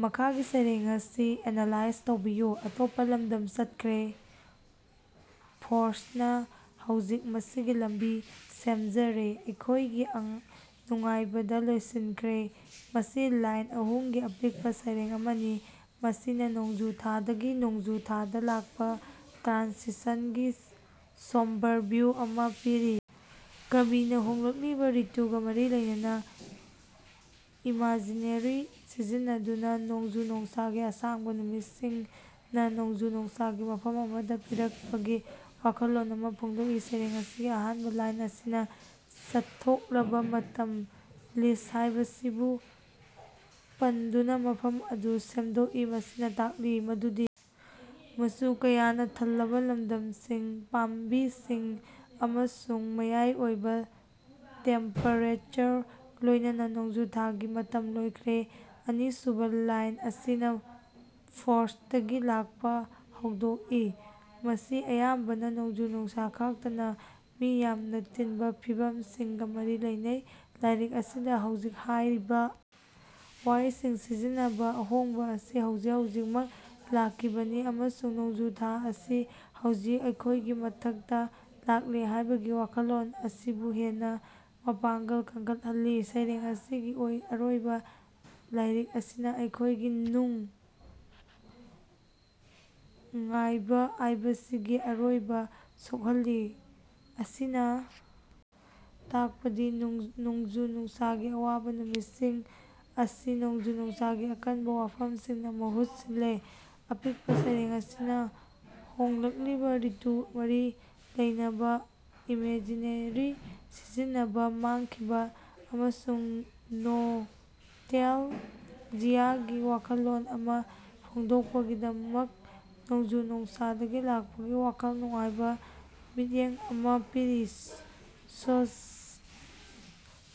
ꯃꯈꯥꯒꯤ ꯁꯩꯔꯦꯡ ꯑꯁꯤ ꯑꯦꯅꯥꯂꯥꯏꯖ ꯇꯧꯕꯤꯌꯨ "ꯑꯇꯣꯞꯄ ꯂꯝꯗꯝ ꯆꯠꯈ꯭ꯔꯦ ꯐ꯭ꯔꯣꯁꯇꯅ ꯍꯧꯖꯤꯛ ꯃꯁꯥꯒꯤ ꯂꯝꯕꯤ ꯁꯦꯝꯖꯔꯦ ꯑꯩꯈꯣꯏꯒꯤ ꯅꯨꯡꯉꯥꯏꯕꯗ ꯂꯣꯏꯁꯤꯟꯈ꯭ꯔꯦ꯫" ꯃꯁꯤ ꯂꯥꯏꯟ ꯑꯍꯨꯝꯒꯤ ꯑꯄꯤꯛꯄ ꯁꯩꯔꯦꯡ ꯑꯃꯅꯤ, ꯃꯁꯤꯅ ꯅꯣꯡꯖꯨ ꯊꯥꯗꯒꯤ ꯅꯣꯡꯖꯨ ꯊꯥꯗ ꯂꯥꯛꯄ ꯇ꯭ꯔꯥꯟꯁꯤꯁꯟꯒꯤ ꯁꯣꯝꯕꯔ ꯚꯤꯎ ꯑꯃ ꯄꯤꯔꯤ꯫ ꯀꯕꯤꯅ ꯍꯣꯡꯂꯛꯂꯤꯕ ꯔꯤꯇꯨꯒꯥ ꯃꯔꯤ ꯂꯩꯅꯕ ꯏꯃꯖꯤꯅꯦꯔꯤ ꯁꯤꯖꯤꯟꯅꯗꯨꯅ ꯅꯣꯡꯖꯨ-ꯅꯨꯡꯁꯥꯒꯤ ꯑꯁꯥꯡꯕ ꯅꯨꯃꯤꯠꯁꯤꯡꯅ ꯅꯣꯡꯖꯨ-ꯅꯨꯡꯁꯥꯒꯤ ꯃꯐꯝ ꯑꯃ ꯄꯤꯔꯛꯄꯒꯤ ꯋꯥꯈꯜꯂꯣꯟ ꯑꯃ ꯐꯣꯡꯗꯣꯛꯏ꯫ ꯁꯩꯔꯦꯡ ꯑꯁꯤꯒꯤ ꯑꯍꯥꯟꯕ ꯂꯥꯏꯟ ꯑꯁꯤꯅ "ꯆꯠꯊꯣꯛꯂꯕ" "ꯑꯇꯝ ꯂꯤꯞꯁ" ꯍꯥꯏꯕꯁꯤꯕꯨ ꯄꯟꯗꯨꯅ ꯃꯐꯝ ꯑꯗꯨ ꯁꯦꯝꯗꯣꯛꯏ꯫ ꯃꯁꯤꯅ ꯇꯥꯛꯂꯤ ꯃꯗꯨꯗꯤ ꯃꯆꯨ ꯀꯌꯥꯅꯥ ꯊꯜꯂꯕꯥ ꯄꯥꯝꯕꯤꯁꯤꯡ ꯑꯃꯁꯨꯡ ꯃꯌꯥꯏ ꯑꯣꯏꯕ ꯇꯦꯝꯄꯦꯔꯦꯆꯔꯒ ꯂꯣꯏꯅꯅ ꯅꯣꯡꯖꯨ ꯊꯥꯒꯤ ꯃꯇꯝ ꯂꯣꯏꯈ꯭ꯔꯦ꯫ ꯑꯅꯤꯁꯨꯕ ꯂꯥꯏꯟ ꯑꯁꯤꯅ ꯐ꯭ꯔꯣꯁꯇꯀꯤ ꯂꯥꯛꯄ ꯍꯧꯗꯣꯛꯏ꯫ ꯃꯁꯤ ꯑꯌꯥꯝꯕꯅ ꯅꯣꯡꯖꯨ-ꯅꯨꯡꯁꯥ ꯈꯛꯇꯅ, ꯃꯤ ꯌꯥꯝꯅ ꯇꯤꯟꯕ ꯐꯤꯚꯝꯁꯤꯡꯒ ꯃꯔꯤ ꯂꯩꯅꯩ꯫ ꯂꯥꯏꯔꯤꯛ ꯑꯁꯤꯗ "ꯍꯧꯖꯤꯛ" ꯍꯥꯏꯔꯤꯕ ꯋꯥꯍꯩꯁꯤꯡ ꯁꯤꯖꯤꯟꯅꯕꯅ ꯑꯍꯣꯡꯕ ꯑꯁꯤ ꯍꯧꯖꯤꯛ ꯍꯧꯖꯤꯛꯃꯛ ꯂꯥꯛꯈꯤꯕꯅꯤ, ꯑꯃꯁꯨꯡ ꯅꯣꯡꯖꯨ ꯊꯥ ꯑꯁꯤ ꯍꯧꯖꯤꯛ ꯑꯩꯈꯣꯏꯒꯤ ꯃꯊꯛꯇꯥ ꯂꯥꯛꯂꯦ ꯍꯥꯏꯕꯒꯤ ꯋꯥꯈꯜꯂꯣꯟ ꯑꯁꯤꯕꯨ ꯍꯦꯟꯅ ꯃꯄꯥꯡꯒꯜ ꯀꯟꯈꯠꯍꯜꯂꯤ꯫ ꯁꯩꯔꯦꯡ ꯑꯁꯤꯒꯤ ꯑꯔꯣꯏꯕ ꯂꯥꯏꯔꯤꯛ ꯑꯁꯤꯅ "ꯑꯩꯈꯣꯏꯒꯤ ꯅꯨꯡꯉꯥꯏꯕ" ꯍꯥꯏꯕꯁꯤꯒꯤ ꯑꯔꯣꯏꯕꯗ ꯁꯣꯛꯍꯜꯂꯤ, ꯃꯁꯤꯅꯥ ꯇꯥꯛꯄꯗꯤ ꯅꯣꯡꯖꯨ-ꯅꯨꯡꯁꯥꯒꯤ ꯑꯋꯥꯕ ꯅꯨꯃꯤꯠꯁꯤꯡ ꯑꯁꯤ ꯅꯣꯡꯖꯨ-ꯅꯨꯡꯁꯥꯒꯤ ꯑꯀꯟꯕ ꯋꯥꯐꯝꯁꯤꯡꯅ ꯃꯍꯨꯠ ꯁꯤꯜꯂꯦ꯫ ꯑꯄꯤꯛꯄꯥ ꯁꯩꯔꯦꯡ ꯑꯁꯤꯅ ꯍꯣꯡꯂꯛꯂꯤꯕ ꯔꯤꯇꯨꯒꯥ ꯃꯔꯤ ꯂꯩꯅꯕ ꯏꯃꯦꯖꯤꯅꯦꯔꯤ ꯁꯤꯖꯤꯟꯅꯗꯨꯅ ꯃꯥꯡꯈꯤꯕ ꯑꯃꯁꯨꯡ ꯅꯣꯁꯇꯦꯜꯖꯤꯌꯥꯒꯤ ꯋꯥꯈꯜꯂꯣꯟ ꯑꯃ ꯐꯣꯡꯗꯣꯛꯅꯕꯒꯤꯗꯃꯛ, ꯅꯣꯡꯖꯨ-ꯅꯨꯡꯁꯥꯗꯒꯤ ꯂꯥꯛꯄꯒꯤ ꯋꯥꯈꯜ ꯅꯨꯡꯉꯥꯏꯇꯕ ꯃꯤꯠꯌꯦꯡ ꯑꯃ ꯄꯤꯔꯤ꯫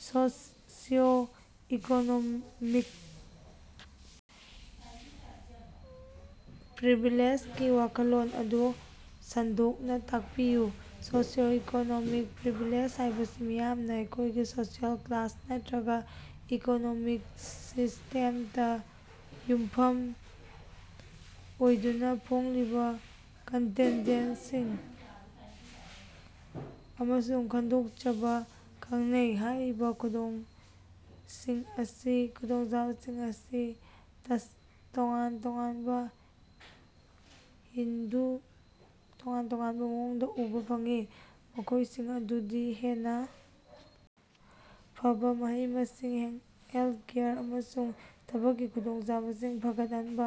ꯁꯣꯁꯤꯑꯣ-ꯏꯀꯣꯅꯣꯃꯤꯛ ꯄ꯭ꯔꯤꯚꯤꯂꯦꯖꯒꯤ ꯋꯥꯈꯜꯂꯣꯟ ꯑꯗꯨ ꯁꯟꯗꯣꯛꯅ ꯇꯥꯛꯄꯤꯌꯨ꯫ ꯁꯣꯁꯤꯑꯣ-ꯏꯀꯣꯅꯣꯃꯤꯛ ꯄ꯭ꯔꯤꯚꯤꯂꯦꯖ ꯍꯥꯏꯕꯁꯤ ꯃꯤꯌꯥꯝꯅ ꯃꯈꯣꯏꯒꯤ ꯁꯣꯁꯤꯑꯦꯜ ꯀ꯭ꯂꯥꯁ ꯅꯠꯇꯔꯒ ꯏꯀꯣꯅꯣꯃꯤꯛ ꯁ꯭ꯇꯦꯇꯁꯇ ꯌꯨꯝꯐꯝ ꯑꯣꯏꯗꯨꯅ ꯐꯪꯂꯤꯕ ꯀꯥꯟꯅꯕꯁꯤꯡ ꯑꯃꯁꯨꯡ ꯈꯨꯗꯣꯡꯆꯥꯕꯁꯤꯡꯕꯨ ꯈꯪꯅꯩ꯫ ꯍꯥꯏꯔꯤꯕ ꯈꯨꯗꯣꯡꯆꯥꯕꯁꯤꯡ ꯑꯁꯤ ꯇꯣꯉꯥꯟ ꯇꯣꯉꯥꯟꯕ ꯃꯑꯣꯡꯗ ꯎꯕ ꯐꯪꯏ꯫ ꯃꯈꯣꯏꯁꯤꯡ ꯑꯗꯨꯗꯤ ꯍꯦꯟꯅ ꯐꯕ ꯃꯍꯩ-ꯃꯁꯤꯡ, ꯍꯦꯜꯀꯦꯌꯔ, ꯑꯃꯁꯨꯡ ꯊꯕꯛꯀꯤ ꯈꯨꯗꯣꯡꯆꯥꯕꯁꯤꯡ ꯐꯪꯍꯟꯕ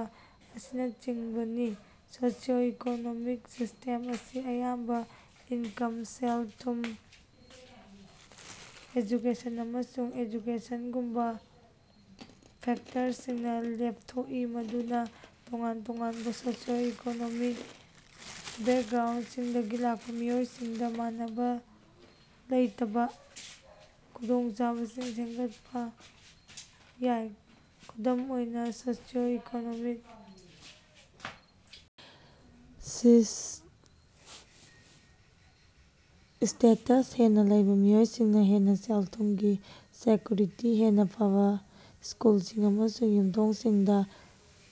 ꯑꯁꯤꯅꯆꯤꯡꯕꯅꯤ꯫ ꯁꯣꯁꯤꯑꯣ-ꯏꯀꯣꯅꯣꯃꯤꯛ ꯁ꯭ꯇꯦꯇꯁ ꯑꯁꯤ ꯑꯌꯥꯝꯕꯅ ꯏꯟꯀꯝ, ꯁꯦꯜ-ꯊꯨꯝ, ꯑꯦꯖꯨꯀꯦꯁꯟ, ꯑꯃꯁꯨꯡ ꯑꯣꯛꯀꯨꯄꯦꯁꯟꯒꯨꯝꯕ ꯐꯦꯛꯇꯔꯁꯤꯡꯅꯥ ꯂꯦꯄꯊꯣꯛꯏ꯫ ꯃꯗꯨꯅꯥ ꯇꯣꯉꯥꯟ-ꯇꯣꯉꯥꯟꯕ ꯁꯣꯁꯤꯑꯣ-ꯏꯀꯣꯅꯣꯃꯤꯛ ꯕꯦꯛꯒ꯭ꯔꯥꯎꯁꯤꯡꯗꯒꯤ ꯂꯥꯛꯄ ꯃꯤꯑꯣꯏꯁꯤꯡꯗ ꯃꯥꯟꯅꯕꯥ ꯂꯩꯇꯕ ꯈꯨꯗꯣꯡꯆꯥꯕꯁꯤꯡ ꯁꯦꯝꯒꯠꯄ ꯌꯥꯏ꯫ ꯈꯨꯗꯝ ꯑꯣꯏꯅ, ꯁꯣꯁꯤꯑꯣ-ꯏꯀꯣꯅꯣꯃꯤꯛ ꯁ꯭ꯇꯦꯇꯁ ꯍꯦꯟꯅ ꯂꯩꯕ ꯃꯤꯑꯣꯏꯁꯤꯡꯅ ꯍꯦꯟꯅ ꯁꯦꯜ-ꯊꯨꯝꯒꯤ ꯁꯦꯛꯀꯨꯔꯤꯇꯤ, ꯍꯦꯟꯅ ꯐꯕꯥ ꯁ꯭ꯀꯨꯜꯁꯤꯡ ꯑꯃꯁꯨꯡ ꯌꯨꯝꯊꯣꯡꯁꯤꯡꯗ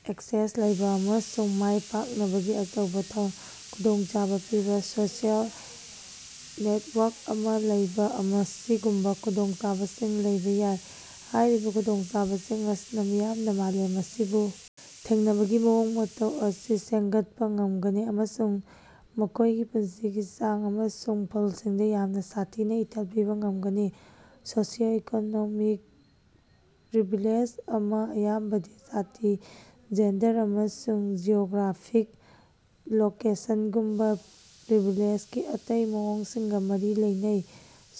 ꯑꯦꯛꯁꯦꯁ ꯂꯩꯕ, ꯑꯃꯁꯨꯡ ꯃꯥꯏꯄꯥꯛꯅꯕꯒꯤ ꯑꯆꯧꯕ ꯈꯨꯗꯣꯡꯆꯥꯕ ꯄꯤꯕ ꯁꯣꯁꯤꯑꯦꯜ ꯅꯦꯇꯋꯥꯔꯛ ꯑꯃ ꯂꯩꯕ ꯑꯁꯤꯒꯨꯝꯕ ꯈꯨꯗꯣꯡꯆꯥꯕꯁꯤꯡ ꯂꯧꯕ ꯌꯥꯏ꯫ ꯍꯥꯏꯔꯤꯕ ꯈꯨꯗꯣꯡꯆꯥꯕꯁꯤꯡ ꯑꯁꯤꯅꯥ ꯃꯤꯌꯥꯝꯅ ꯃꯥꯂꯦꯝ ꯑꯁꯤꯕꯨ ꯊꯦꯡꯅꯕꯒꯤ ꯃꯑꯣꯡ ꯃꯇꯧ ꯑꯗꯨ ꯁꯦꯝꯒꯠꯄ ꯉꯝꯒꯅꯤ ꯑꯃꯁꯨꯡ ꯃꯈꯣꯏꯒꯤ ꯄꯨꯟꯁꯤꯒꯤ ꯆꯥꯡ ꯑꯃꯁꯨꯡ ꯐꯜꯁꯤꯡꯗ ꯌꯥꯝꯅ ꯁꯥꯊꯤꯅ ꯏꯊꯤꯜ ꯄꯤꯕ ꯉꯝꯒꯅꯤ꯫ ꯁꯣꯁꯤꯑꯣ-ꯏꯀꯣꯅꯣꯃꯤꯛ ꯄ꯭ꯔꯤꯚꯤꯂꯦꯖ ꯑꯁꯤ ꯑꯌꯥꯝꯕꯗꯤ ꯖꯥꯇꯤ, ꯖꯦꯟꯗꯔ ꯑꯃꯁꯨꯡ ꯖꯤꯑꯣꯒ꯭ꯔꯥꯐꯤꯛ ꯂꯣꯀꯦꯁꯟꯒꯨꯝꯕ ꯄ꯭ꯔꯤꯚꯤꯂꯦꯖꯒꯤ ꯑꯇꯩ ꯃꯑꯣꯡꯁꯤꯡꯒ ꯃꯔꯤ ꯂꯩꯅꯩ꯫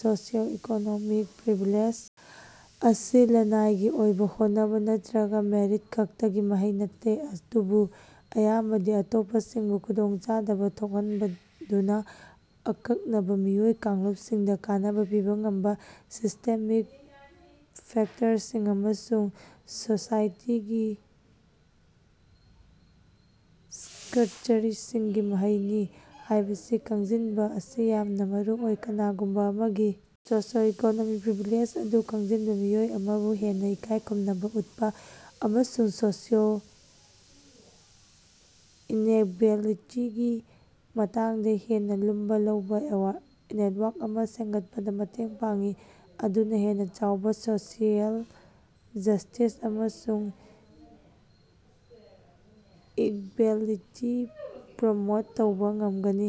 ꯁꯣꯁꯤꯑꯣ-ꯏꯀꯣꯅꯣꯃꯤꯛ ꯄ꯭ꯔꯤꯚꯤꯂꯦꯖ ꯑꯁꯤ ꯂꯅꯥꯏꯒꯤ ꯑꯣꯏꯕ ꯍꯣꯠꯅꯕ ꯅꯠꯇꯔꯒ ꯃꯦꯔꯤꯠ ꯈꯛꯇꯒꯤ ꯃꯍꯩ ꯅꯠꯇꯦ, ꯑꯗꯨꯕꯨ ꯑꯌꯥꯝꯕꯗꯤ ꯑꯇꯣꯞꯄꯁꯤꯡꯕꯨ ꯈꯨꯗꯣꯡꯆꯥꯗꯕ ꯊꯣꯛꯍꯟꯗꯨꯅ ꯑꯀꯛꯅꯕ ꯃꯤꯑꯣꯏ ꯀꯥꯡꯂꯨꯞꯁꯤꯡꯗ ꯀꯥꯟꯅꯕ ꯄꯤꯕ ꯉꯝꯕ ꯁꯤꯁ꯭ꯇꯦꯃꯤꯛ ꯐꯦꯛꯇꯔꯁꯤꯡ ꯑꯃꯁꯨꯡ ꯁꯣꯁꯥꯏꯇꯤꯒꯤ ꯁ꯭ꯠꯔꯛꯆꯔꯁꯤꯡꯒꯤ ꯃꯍꯩꯅꯤ ꯍꯥꯏꯕꯁꯤ ꯈꯪꯖꯤꯟꯕ ꯑꯁꯤ ꯌꯥꯝꯅ ꯃꯔꯨꯑꯣꯏ꯫ ꯀꯅꯥꯒꯨꯝꯕ ꯑꯃꯒꯤ ꯁꯣꯁꯤꯑꯣ-ꯏꯀꯣꯅꯣꯃꯤꯛ ꯄ꯭ꯔꯤꯚꯤꯂꯦꯖ ꯑꯗꯨ ꯈꯪꯖꯤꯟꯕ ꯃꯤꯑꯣꯏ ꯑꯃꯕꯨ ꯍꯦꯟꯅ ꯏꯀꯥꯏ ꯈꯨꯝꯅꯕ ꯎꯠꯄ ꯑꯃꯁꯨꯡ ꯁꯣꯁꯤꯑꯦꯜ ꯏꯟꯑꯦꯛꯕꯦꯂꯤꯇꯤꯁꯤꯡꯒꯤ ꯃꯇꯥꯡꯗ ꯍꯦꯟꯅ ꯂꯨꯝꯅ ꯂꯧꯕ ꯑꯦꯋꯥꯔꯅꯦꯁ ꯑꯃ ꯁꯦꯝꯒꯠꯄꯗ ꯃꯇꯦꯡ ꯄꯥꯡꯏ, ꯃꯗꯨꯅ ꯍꯦꯟꯅ ꯆꯥꯎꯕ ꯁꯣꯁꯤꯑꯦꯜ ꯖꯁ꯭ꯇꯤꯁ ꯑꯃꯁꯨꯡ ꯏꯛꯕꯦꯂꯤꯇꯤ ꯄ꯭ꯔꯣꯃꯣꯠ ꯇꯧꯕ ꯉꯝꯒꯅꯤ꯫